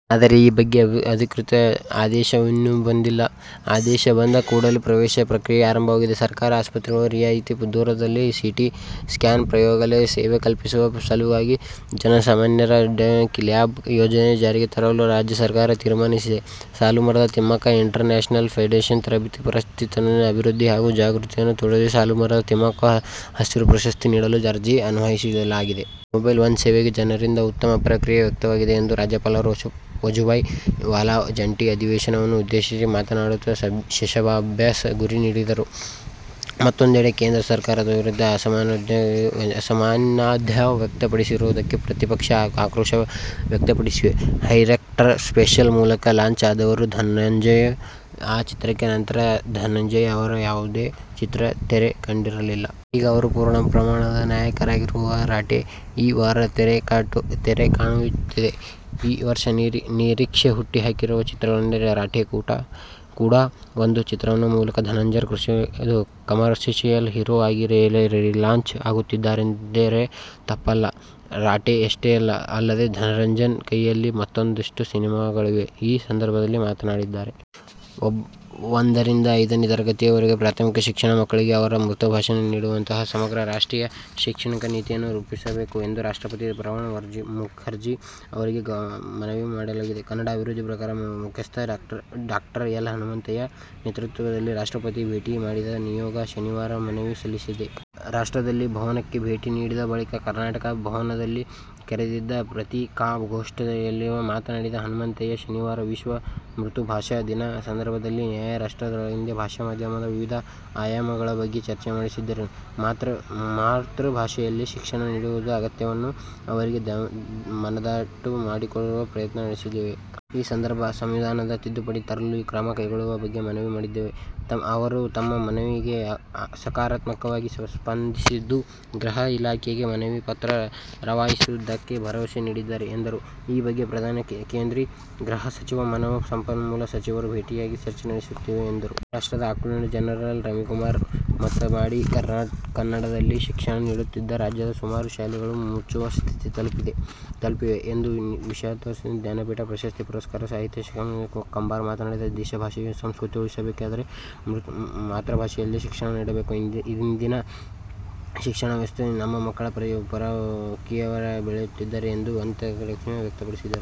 ಆದರೆ ಈ ಬಗ್ಗೆ ಅಧಿಕೃತ ಆದೇಶವಿನ್ನೂ ಬಂದಿಲ್ಲ. ಆದೇಶ ಬಂದ ಕೂಡಲೇ ಪ್ರವೇಶ ಪ್ರಕ್ರಿಯೆ ಆರಂಭವಾಗಿದೆ. ಸರ್ಕಾರಿ ಆಸ್ಪತ್ರೆಗಳಲ್ಲಿ ರಿಯಾಯಿತಿ ದರದಲ್ಲಿ ಸಿ. ಟಿ. ಸ್ಕ್ಯಾನ್, ಪ್ರಯೋಗಾಲಯ ಸೇವೆ ಕಲ್ಪಿಸುವ ಸಲುವಾಗಿ ಜನಸಾಮಾನ್ಯರ ಡಯೋಗ್ನಾಸ್ಟಿಕ್ ಲ್ಯಾಬ್ ಯೋಜನೆ ಜಾರಿಗೆ ತರಲು ರಾಜ್ಯ ಸರ್ಕಾರ ತೀರ್ಮಾನಿಸಿದೆ. ಸಾಲುಮರದ ತಿಮ್ಮಕ್ಕ ಇಂಟರ್ನ್ಯಾಷನಲ್ ಫೌಂಡೇಷನ್ ವತಿಯಿಂದ ಪರಿಸರ ಸಂರಕ್ಷಣೆ, ಅಭಿವೃದ್ಧಿ ಹಾಗೂ ಜಾಗೃತಿಯಲ್ಲಿ ತೊಡಗಿರುವವರಿಗೆ "ಸಾಲುಮರದ ತಿಮ್ಮಕ್ಕ ಹಸಿರು ಪ್ರಶಸ್ತಿ' ನೀಡಲು ಅರ್ಜಿ ಆಹ್ವಾನಿಸಲಾಗಿದೆ. ಮೊಬೈಲ್ ಒನ್ ಸೇವೆಗೆ ಜನರಿಂದ ಉತ್ತಮ ಪ್ರತಿಕ್ರಿಯೆ ವ್ಯಕ್ತವಾಗಿದೆ ಎಂದು ರಾಜ್ಯಪಾಲ ವಜುಭಾಯಿ ವಾಲಾ ಜಂಟಿ ಅಧಿವೇಶನವನ್ನು ಉದ್ದೇಶಿಸಿ ಮಾತನಾಡುತ್ತ ಶಹಬ್ಬಾಸ್ ಗಿರಿ ನೀಡಿದರು. ಮತ್ತೊಂದೆಡೆ ಕೇಂದ್ರ ಸರ್ಕಾರದ ವಿರುದ್ಧ ಅಸಮಾಧಾನವ್ಯಕ್ತಪಡಿಸಿರುವುದಕ್ಕೆ ಪ್ರತಿಪಕ್ಷಗಳು ಆಕ್ರೋಶ ವ್ಯಕ್ತಪಡಿಸಿವೆ. "ಡೈರೆಕ್ಟರ್ ಸ್ಪೆಷಲ್' ಮೂಲಕ ಲಾಂಚ್ ಆದವರು ಧನಂಜಯ್. ಆ ಚಿತ್ರದ ನಂತರ ಧನಂಜಯ್ ಅವರ ಯಾವುದೇ ಚಿತ್ರ ತೆರೆಕಂಡಿರಲಿಲ್ಲ. ಈಗ ಅವರು ಪೂರ್ಣಪ್ರಮಾಣದ ನಾಯಕರಾಗಿರುವ "ರಾಟೆ' ಈ ವಾರ ತೆರೆಕಾಣುತ್ತಿದೆ. ಈ ವರ್ಷ ನಿರೀಕ್ಷೆ ಹುಟ್ಟುಹಾಕಿರುವ ಚಿತ್ರಗಳಲ್ಲಿ "ರಾಟೆ' ಕೂಡಾ ಒಂದು. ಈ ಚಿತ್ರದ ಮೂಲಕ ಧನಂಜಯ್ ಕಮರ್ಷಿಯಲ್ ಹೀರೋ ಆಗಿ ರೀಲಾಂಚ್ ಆಗುತ್ತಿದ್ದಾರೆಂದರೆ ತಪ್ಪಲ್ಲ. "ರಾಟೆ'ಯಷ್ಟೇ ಅಲ್ಲದೇ, ಧನಂಜಯ್ ಕೈಯಲ್ಲಿ ಮತ್ತೂಂದಿಷ್ಟು ಸಿನಿಮಾಗಳಿವೆ. ಈ ಸಂದರ್ಭದಲ್ಲಿ ಮಾತನಾಡಿದ್ದಾರೆ. ಒಂದರಿಂದ ಐದನೇ ತರಗತಿವರೆಗಿನ ಪ್ರಾಥಮಿಕ ಶಿಕ್ಷಣವನ್ನು ಮಕ್ಕಳಿಗೆ ಅವರ ಮಾತೃಭಾಷೆಯಲ್ಲೇ ನೀಡುವಂತಹ ಸಮಗ್ರ ರಾಷ್ಟ್ರೀಯ ಶಿಕ್ಷಣ ನೀತಿಯನ್ನು ರೂಪಿಸಬೇಕು ಎಂದು ರಾಷ್ಟ್ರಪತಿ ಪ್ರಣವ್ ಮುಖರ್ಜಿ ಅವರಿಗೆ ಮನವಿ ಮಾಡಲಾಗಿದೆ. ಕನ್ನಡ ಅಭಿವೃದ್ಧಿ ಪ್ರಾಧಿಕಾರದ ಮುಖ್ಯಸ್ಥ ಡಾ. ಎಲ್. ಹನುಮಂತಯ್ಯ ನೇತೃತ್ವದಲ್ಲಿ ರಾಷ್ಟ್ರಪತಿಯನ್ನು ಭೇಟಿ ಮಾಡಿದ ನಿಯೋಗ, ಶನಿವಾರ ಈ ಮನವಿ ಸಲ್ಲಿಸಿದೆ. ರಾಷ್ಟ್ರಪತಿ ಭವನಕ್ಕೆ ಭೇಟಿ ನೀಡಿದ ಬಳಿಕ ಕರ್ನಾಟಕ ಭವನದಲ್ಲಿ ಕರೆದಿದ್ದ ಪತ್ರಿಕಾಗೋಷ್ಠಿಯಲ್ಲಿ ಮಾತನಾಡಿದ ಹನುಮಂತಯ್ಯ, ಶನಿವಾರ ವಿಶ್ವ ಮಾತೃಭಾಷಾ ದಿನ. ಈ ಸಂದರ್ಭದಲ್ಲಿ ನಾವು ರಾಷ್ಟ್ರಪತಿಗಳೊಂದಿಗೆ ಭಾಷಾ ಮಾಧ್ಯಮದ ವಿವಿಧ ಆಯಾಮಗಳ ಬಗ್ಗೆ ಚರ್ಚೆ ನಡೆಸಿದ್ದೇವೆ. ಮಾತೃಭಾಷೆಯಲ್ಲೇ ಶಿಕ್ಷಣ ನೀಡುವುದರ ಅಗತ್ಯವನ್ನು ಅವರಿಗೆ ಮನದಟ್ಟು ಮಾಡಿಕೊಡುವ ಪ್ರಯತ್ನ ನಡೆಸಿದ್ದೇವೆ. ಈ ಸಂಬಂಧ ಸಂವಿಧಾನದಲ್ಲಿ ತಿದ್ದುಪಡಿ ತರಲು ಕ್ರಮ ಕೈಗೊಳ್ಳುವ ಬಗ್ಗೆ ಮನವಿ ಮಾಡಿದ್ದೇವೆ. ಅವರು ನಮ್ಮ ಮನವಿಗೆ ಸಕಾರಾತ್ಮಕವಾಗಿ ಸ್ಪಂದಿಸಿದ್ದು ಗೃಹ ಇಲಾಖೆಗೆ ಮನವಿ ಪತ್ರ ರವಾನಿಸುವುದಾಗಿ ಭರವಸೆ ನೀಡಿದ್ದಾರೆ ಎಂದರು. ಈ ಬಗ್ಗೆ ಪ್ರಧಾನಿ, ಕೇಂದ್ರ ಗೃಹ ಸಚಿವ, ಮಾನವ ಸಂಪನ್ಮೂಲ ಸಚಿವರನ್ನೂ ಭೇಟಿಯಾಗಿ, ಚರ್ಚೆ ನಡೆಸುತ್ತೇವೆ ಎಂದರು. ರಾಜ್ಯದ ಅಡ್ವೋಕೇಟ್ ಜನರಲ್ ರವಿವರ್ಮ ಕುಮಾರ್ ಮಾತನಾಡಿ, ಕನ್ನಡದಲ್ಲಿ ಶಿಕ್ಷಣ ನೀಡುತ್ತಿದ್ದ ರಾಜ್ಯದ ಸುಮಾರು ಶಾಲೆಗಳು ಮುಚ್ಚುವ ಸ್ಥಿತಿ ತಲುಪಿವೆ ಎಂದು ವಿಷಾದಿಸಿದರು. ಜ್ಞಾನಪೀಠ ಪ್ರಶಸ್ತಿ ಪುರಸ್ಕೃತ ಸಾಹಿತಿ ಚಂದ್ರಶೇಖರ ಕಂಬಾರ ಮಾತನಾಡಿ, ದೇಶದ ಭಾಷೆ, ಸಂಸ್ಕೃತಿ ಉಳಿಯಬೇಕಾದರೆ ಮಾತೃಭಾಷೆಯಲ್ಲೇ ಶಿಕ್ಷಣ ನೀಡಬೇಕು. ಇಂದಿನ ಶಿಕ್ಷಣ ವ್ಯವಸ್ಥೆಯಿಂದ ನಮ್ಮ ಮಕ್ಕಳು ಪರಕೀಯರಾಗಿ ಬೆಳೆಯುತ್ತಿದ್ದಾರೆ ಎಂದು ಆತಂಕ ವ್ಯಕ್ತಪಡಿಸಿದರು.